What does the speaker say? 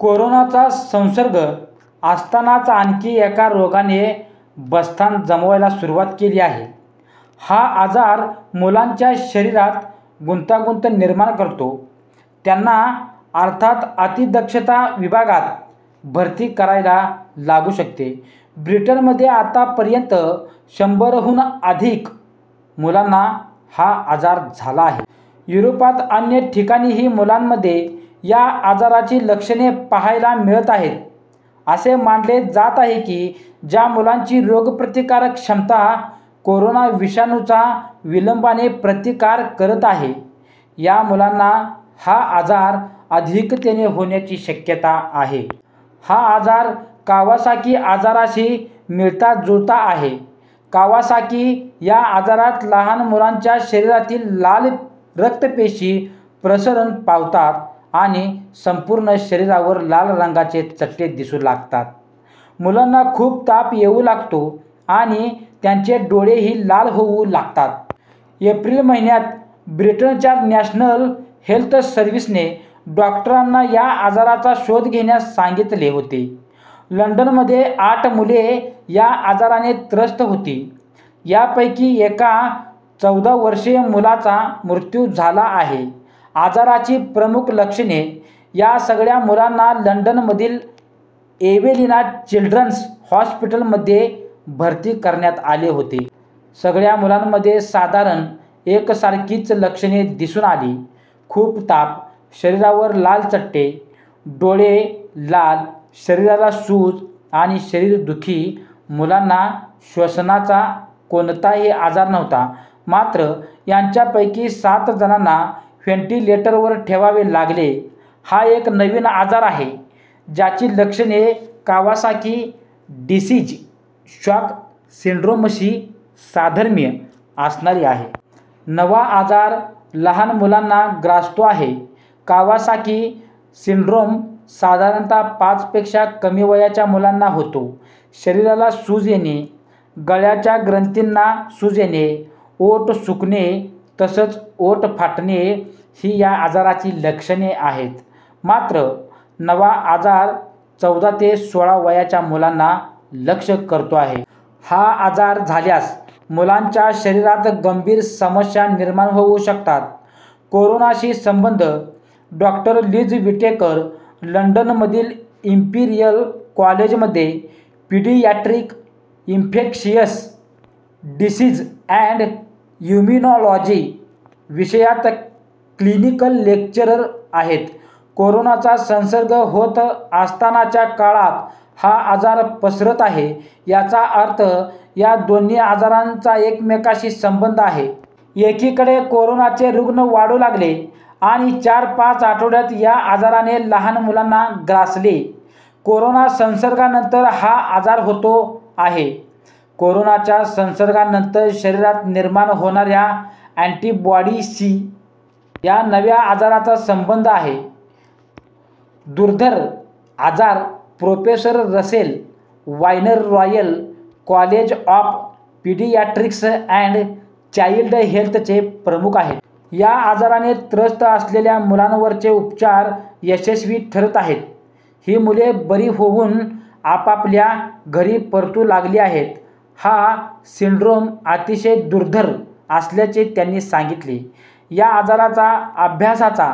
कोरोनाचा संसर्ग असतानाच आणखी एका रोगाने बस्तान जमवायला सुरुवात केली आहे. हा आजार मुलांच्या शरीरात गुंतागुंत निर्माण करतो. त्यांना अर्थात अतिदक्षता विभागात भरती करायला लागू शकते. ब्रिटनमध्ये आतापर्यंत शंभरहून अधिक मुलांना हा आजार झाला आहे. युरोपात अन्य ठिकाणीही मुलांमध्ये या आजाराची लक्षणे पाहायला मिळत आहेत. असे मानले जात आहे की, ज्या मुलांची रोगप्रतिकारक क्षमता कोरोना विषाणूचा विलंबाने प्रतिकार करत आहे या मुलांना हा आजार अधिकतेने होण्याची शक्यता आहे. हा आजार कावासाकी आजाराशी मिळताजुळता आहे. कावासाकी या आजारात लहान मुलांच्या शरीरातील लाल रक्तपेशी प्रसरण पावतात आणि संपूर्ण शरीरावर लाल रंगाचे चट्टे दिसू लागतात. मुलांना खूप ताप येऊ लागतो आणि त्यांचे डोळेही लाल होऊ लागतात. एप्रिल महिन्यात ब्रिटनच्या नॅशनल हेल्थ सर्व्हिसने डॉक्टरांना या आजाराचा शोध घेण्यास सांगितले होते. लंडनमध्ये आठ मुले या आजाराने त्रस्त होती. यापैकी एका चौदावर्षीय मुलाचा मृत्यू झाला आहे. आजाराची प्रमुख लक्षणे - या सगळ्या मुलांना लंडनमधील एवेलिना चिल्ड्रन्स हॉस्पिटलमध्ये भरती करण्यात आले होते. सगळ्या मुलांमध्ये साधारण एकसारखीच लक्षणे दिसून आली- खूप ताप, शरीरावर लाल चट्टे, डोळे लाल, शरीराला सूज आणि शरीरदुखी. मुलांना श्वसनाचा कोणताही आजार नव्हता. मात्र यांच्यापैकी सातजणांना व्हेंटिलेटरवर ठेवावे लागले. हा एक नवीन आजार आहे, ज्याची लक्षणे कावासाकी डिसीज शॉक सिंड्रोमशी साधर्म्य असणारी आहेत. नवा आजार लहान मुलांना ग्रासतो आहे. कावासाकी सिंड्रोम साधारणतः पाचपेक्षा कमी वयाच्या मुलांना होतो. शरीराला सूज येणे, गळ्याच्या ग्रंथींना सूज येणे, ओठ सुकणे तसंच ओठ फाटणे ही या आजाराची लक्षणे आहेत. मात्र नवा आजार चौदा ते सोळा वयाच्या मुलांना लक्ष्य करतो आहे. हा आजार झाल्यास मुलांच्या शरीरात गंभीर समस्या निर्माण होऊ शकतात. कोरोनाशी संबंध - डॉक्टर लिज विटेकर लंडनमधील इंपीरियल कॉलेजमध्ये paediatric infectious disease and immunology विषयात क्लिनिकल लेक्चरर आहेत. कोरोनाचा संसर्ग होत असतानाच्या काळात हा आजार पसरत आहे याचा अर्थ या दोन्ही आजारांचा एकमेकांशी संबंध आहे. एकीकडे कोरोनाचे रुग्ण वाढू लागले आणि चार-पाच आठवड्यात या आजाराने लहान मुलांना ग्रासले. कोरोना संसर्गानंतर हा आजार होतो आहे. कोरोनाच्या संसर्गानंतर शरीरात निर्माण होणाऱ्या अँटिबॉडीशी या नव्या आजाराचा संबंध आहे. दुर्धर आजार - professor Russell Viner Royal College of Paediatrics and Child हेल्थचे प्रमुख आहेत. या आजाराने त्रस्त असलेल्या मुलांवरचे उपचार यशस्वी ठरत आहेत. ही मुले बरी होऊन आपापल्या घरी परतू लागली आहेत. हा सिंड्रोम अतिशय दुर्धर असल्याचे त्यांनी सांगितले. या आजाराचा अभ्यासाचा